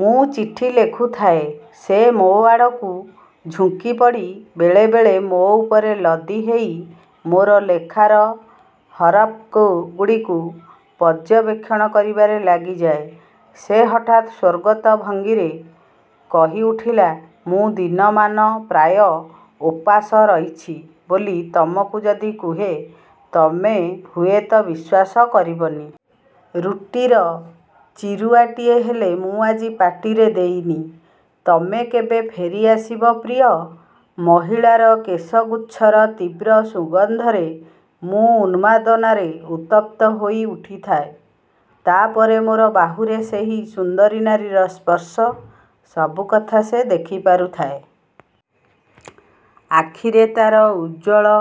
ମୁଁ ଚିଠି ଲେଖୁଥାଏ। ସେ ମୋଆଡ଼କୁ ଝୁଙ୍କି ପଡ଼ି ବେଳେ ବେଳେ ମୋ ଉପରେ ଲଦି ହେଇ ମୋର ଲେଖାର ହରପ୍ଗୁଡ଼ିକୁ ପର୍ଯ୍ୟବେକ୍ଷଣ କରିବାରେ ଲାଗିଯାଏ। ସେ ହଠାତ୍ ସ୍ୱର୍ଗତ ଭଙ୍ଗୀରେ କହି ଉଠିଲା, "ମୁଁ ଦିନମାନ ପ୍ରାୟ ଓପାସ ରହିଛି ବୋଲି ତମକୁ ଯଦି କୁହେ, ତମେ ହୁଏ ତ ବିଶ୍ୱାସ କରିବନି। ରୁଟିର ଚିରୁଆଟିଏ ହେଲେ ମୁଁ ଆଜି ପାଟିରେ ଦେଇନି। ତମେ କେବେ ଫେରି ଆସିବ ପ୍ରିୟ! " ମହିଳାର କେଶ ଗୁଚ୍ଛର ତୀବ୍ର ସୁଗନ୍ଧରେ ମୁଁ ଉନ୍ମାଦନାରେ ଉତ୍ତପ୍ତ ହୋଇ ଉଠୁଥାଏ। ତା ପରେ ମୋର ବାହୁରେ ସେହି ସୁନ୍ଦରୀ ନାରୀର ସ୍ପର୍ଶ। ସବୁକଥା ସେ ଦେଖି ପାରୁଥାଏ। ଆଖିରେ ତାର ଉଜ୍ଜ୍ୱଳ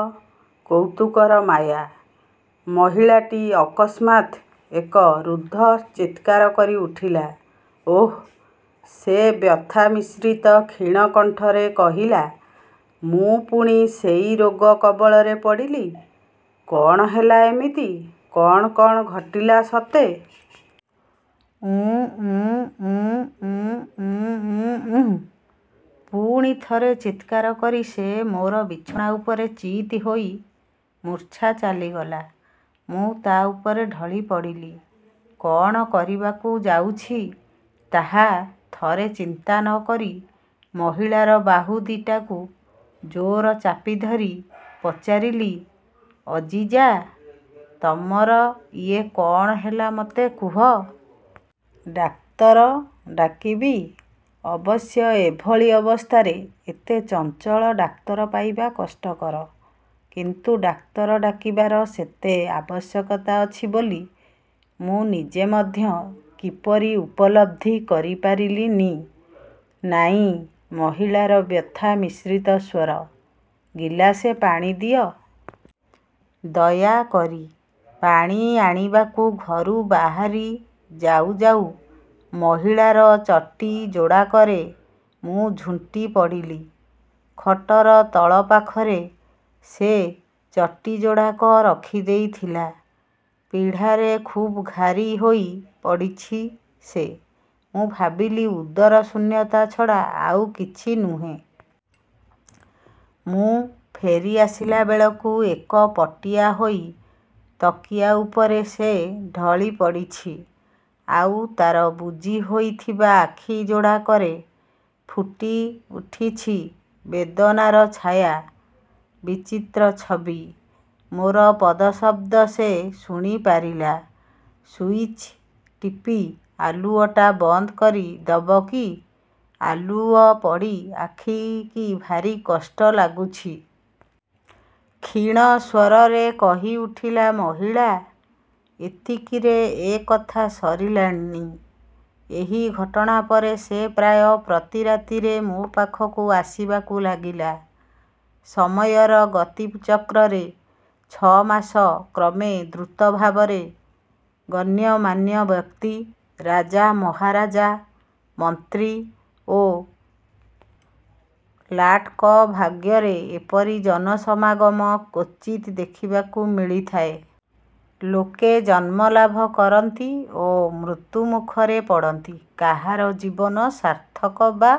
କୌତୁକର ମାୟା। ମହିଳାଟି ଅକସ୍ମାତ୍ ଏକ ରୁଦ୍ଧ ଚିତ୍କାର କରି ଉଠିଲା। "ଓଃ। " ସେ ବ୍ୟଥା ମିଶ୍ରିତ କ୍ଷୀଣ କଣ୍ଠରେ କହିଲା, "ମୁଁ ପୁଣି ସେଇ ରୋଗ କବଳରେ ପଡ଼ିଲି। " "କଣ ହେଲା ଏମିତି-କଣ, କଣ ଘଟିଲା ସତେ? "ଉ ଉ ଉ ଉ ଉ ଉ ଉଃ। " ପୁଣି ଥରେ ଚିତ୍କାର କରି ସେ ମୋର ବିଛଣା ଉପରେ ଚିତ୍ ହେଇ ମୂର୍ଚ୍ଛା ଚାଲିଗଲା। ମୁଁ ତା' ଉପରେ ଢଳି ପଡ଼ିଲି। କଣ କରିବାକୁ ଯାଉଛି ତାହା ଥରେ ଚିନ୍ତା ନ କରି ମହିଳାର ବାହୁ ଦିଟାକୁ ଜୋର ଚାପିଧରି ପଚାରିଲି, "ଅଜିଜା, ତମର ଇଏ କଣ ହେଲା ମତେ କୁହ.. ଡାକ୍ତର ଡାକିବି? " ଅବଶ୍ୟ ଏଭଳି ଅବସ୍ଥାରେ ଏତେ ଚଞ୍ଚଳ ଡାକ୍ତର ପାଇବା କଷ୍ଟକର। କିନ୍ତୁ ଡାକ୍ତର ଡାକିବାର ସେତେ ଆବଶ୍ୟକତା ଅଛି ବୋଲି ମୁଁ ନିଜେ ମଧ୍ୟ କିପରି ଉପଲବ୍ଧି କରି ପାରିଲି ନି। "ନାଇଁ! " ମହିଳାର ବ୍ୟଥା ମିଶ୍ରିତ ସ୍ଵର। ଗିଲାସେ ପାଣି ଦିଅ ଦୟାକରି। " ପାଣି ଆଣିବାକୁ ଘରୁ ବାହାରି ଯାଉ ଯାଉ ମହିଳାର ଚଟି ଯୋଡ଼ାକରେ ମୁଁ ଝୁଣ୍ଟି ପଡ଼ିଲି-। ଖଟର ତଳ ପାଖରେ ସେ ଚଟିଯୋଡ଼ାକ ରଖି ଦେଇଥିଲା। ପୀଡ଼ାରେ ଖୁବ ଘାରି ହୋଇ ପଡ଼ିଚି ସେ। ମୁଁ ଭାବିଲି ଉଦରଶୂନ୍ୟତା ଛଡ଼ା ଆଉ କିଛି ନୁହେଁ। ମୁଁ ଫେରି ଆସିଲାବେଳକୁ ଏକପଟିଆ ହୋଇ ତକିଆ ଉପରେ ସେ ଢଳି ପଡ଼ିଛି, ଆଉ ତାର ବୁଜି ହୋଇଥିବା ଆଖି ଯୋଡ଼ାକରେ ଫୁଟି ଉଠିଛି ବେଦନାର ଛାୟା-ବିଚିତ୍ର ଛବି। ମୋର ପଦଶବ୍ଦ ସେ ଶୁଣି ପାରିଲା। "ସ୍ୱିଚ୍ ଟିପି ଆଲୁଅଟା ବନ୍ଦ କରି ଦବକି! ଆଲୁଅ ପଡ଼ି ଆଖିକି ଭାରି କଷ୍ଟ ଲାଗୁଛି। "କ୍ଷୀଣ ସ୍ଵରରେ କହି ଉଠିଲା ମହିଳା। ଏତିକିରେ ଏ କଥା ସରିଲାନି। ଏହି ଘଟଣା ପରେ ସେ ପ୍ରାୟ ପ୍ରତି ରାତିରେ ମୋ ପାଖକୁ ଆସିବାକୁ ଲାଗିଲା ସମୟର ଗତିଚକ୍ରରେ ଛ' ମାସ କ୍ରମେ ଦ୍ରୁତ ଭାବରେ। ଗଣ୍ୟମାନ୍ୟ ବ୍ୟକ୍ତି, ରାଜା ମହାରାଜା, ମନ୍ତ୍ରୀ ଓ ଲାଟ୍ଙ୍କ ଭାଗ୍ୟରେ ଏପରି ଜନସମାଗମ କ୍ୱଚିତ୍ ଦେଖିବାକୁ ମିଳିଥାଏ। ଲୋକେ ଜନ୍ମଲାଭ କରନ୍ତି ଓ ମୃତ୍ୟୁମୁଖରେ ପଡ଼ନ୍ତି। କାହାର ଜୀବନ ସାର୍ଥକ ବା